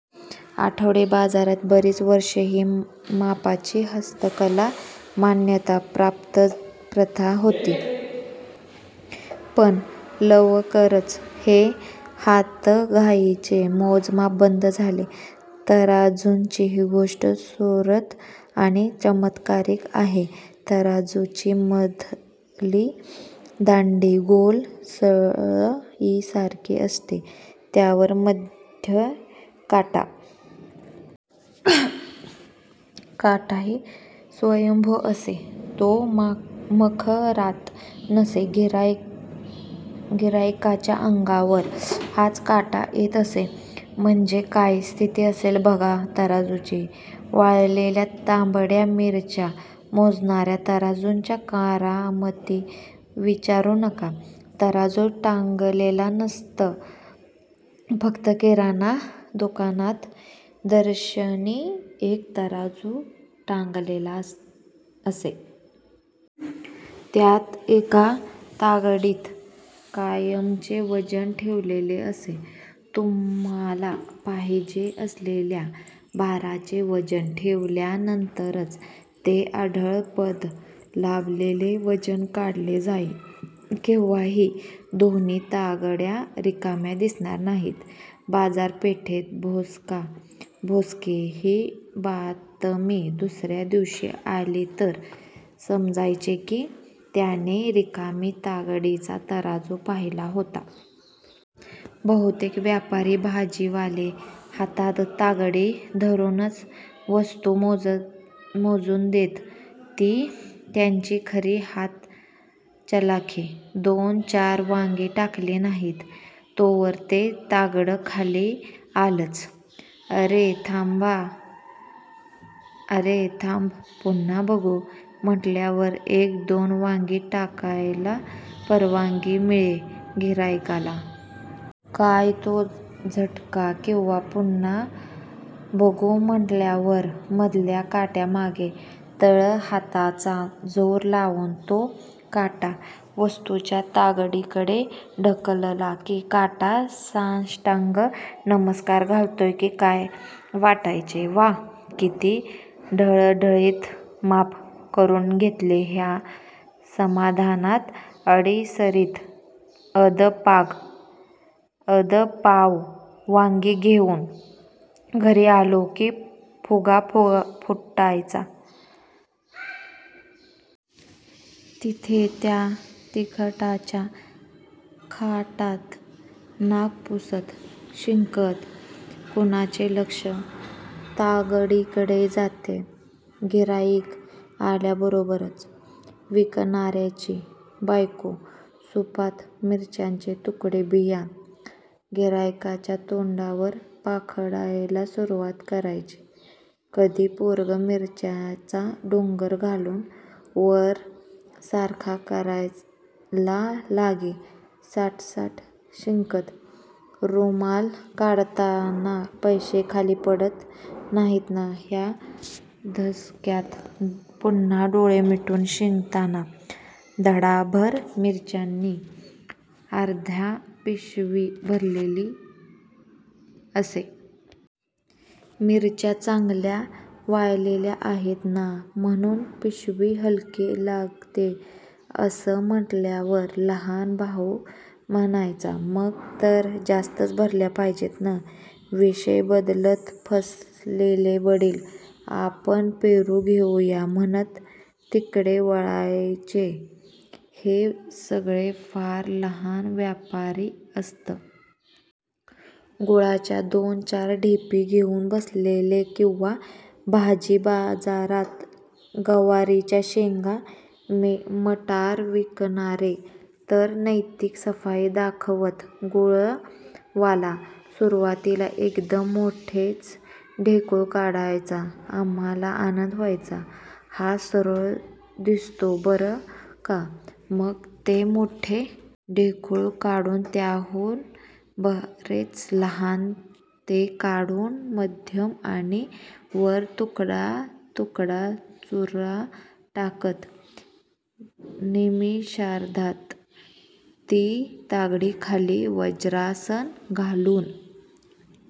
आठवडे बाजारात बरीच वर्षे ही मापाची 'हस्तकला' मान्यता प्राप्त प्रथा होती. पण लवकरच हे हातघाईचे मोजमाप बंद झाले. तराजूंचीही गोष्ट सुरस आणि चमत्कारिक आहे. तराजूची मधली दांडी गोल सळईसारखी असे. त्यावर मध्ये काटा. काटाही स्वयंभू असे. तो मखरात नसे. गिऱ्हाईकाच्या अंगावर हाच काटा येत असे. म्हणजे काय स्थिती असेल बघा तराजूची! वाळलेल्या तांबड्या मिरच्या मोजणाऱ्या तराजूंच्या करामती विचारू नका. तराजू टांगलेले नसत. फक्त किराणा दुकानात दर्शनी एक तराजू टांगलेला असे. त्यात एका तागडीत कायमचे वजन ठेवलेले असे. तुम्हाला पाहिजे असलेल्या भाराचे वजन ठेवल्यानंतरच ते अढळपद लाभलेले वजन काढले जाई. केव्हाही दोन्ही तागड्या रिकाम्या दिसणार नाहीत. "बाजारपेठेत भोसकाऽऽ भोसकी" ही बातमी दुसऱ्या दिवशी आली तर समजायचे की त्याने रिकामी तागडीचा तराजू पाहिला होता! बहुतेक व्यापारी, भाजीवाले हातात तागडी धरूनच वस्तू मोजून देत. ती त्यांची खरी हात चलाखी. दोन चार वांगी टाकली नाहीत तोवर ते तागडं खाली आलंच. अरे थांब पुन्हा बघू म्हटल्याव एक दोन वांगी टाकायला परवानगी मिळे गिऱ्हाईकाला. काय तो झटका किंवा पुन्हा बघू म्हणल्यावर मधल्या काट्यामागे तळहाताचा जोर लावून तो काटा वस्तुच्या तागडीकडे ढकलला की काटा साष्टांग नमस्कार घालतोय की काय वाटायचे. वा! किती ढळढळीत माप करून घेतले ह्या समाधानात अडीसरीत अदपाव वांगी घेऊन घरी आलो की फुगा फुटायचा. तिथे त्या तिखटाच्या खाटांत, नाक पुसत, शिंकत कुणाचे लक्ष तागडीकडे जातेय! गिऱ्हाईक आल्याबरोबरच विकणाऱ्याची बायको सुपात मिर्च्यांचे तुकडे बिया गिऱ्हाईकाच्या तोंडावर पाखडायला सुरुवात करायची. कधी पोरगं मिरच्याचा डोंगर खालून वर सारखा करायला लागे, साट्साट् शिंकत, रुमाल काढतांना पैशे खाली पडत नाहीत ना ह्या धसक्यात पुन्हा डोळे मिटून शिंकताना धडाभर मिरच्यांनी अर्धीपिशवी भरलेली असे. मिरच्या चांगल्या वाळलेल्या आहेत. ना, म्हणून पिशवी हलकी लागते असं म्हटल्यावर लहान भाऊ म्हणायचा, "मग तर जास्तच भरल्या पाहिजेत ना? " विषय बदलत, फसलेले वडील आपण पेरू घेऊ या म्हणत तिकडे वळायचे. हे सगळे फार लहान व्यापारी असत. गुळाच्या दोन चार ढेपी घेऊन बसलेले किंवा भाजी बाजारात गवारीच्या शेंगा, मटार विकणारे तर नैतिक सफाई दाखवत. गुळवाला सुरुवातीला एकदम मोठेच ढेकूळ टाकायचा. आम्हाला आनंद व्हायचा. हा सढळ दिसतो बरं का. मग ते मोठ्ठे ढेकूळ काढून त्याहून बरेच लहान, ते काढून मध्यम आणि वर तुकडा तुकडा, चुरा टाकत निमिषार्धात ती तागडी खाली वज्रासन घालून,--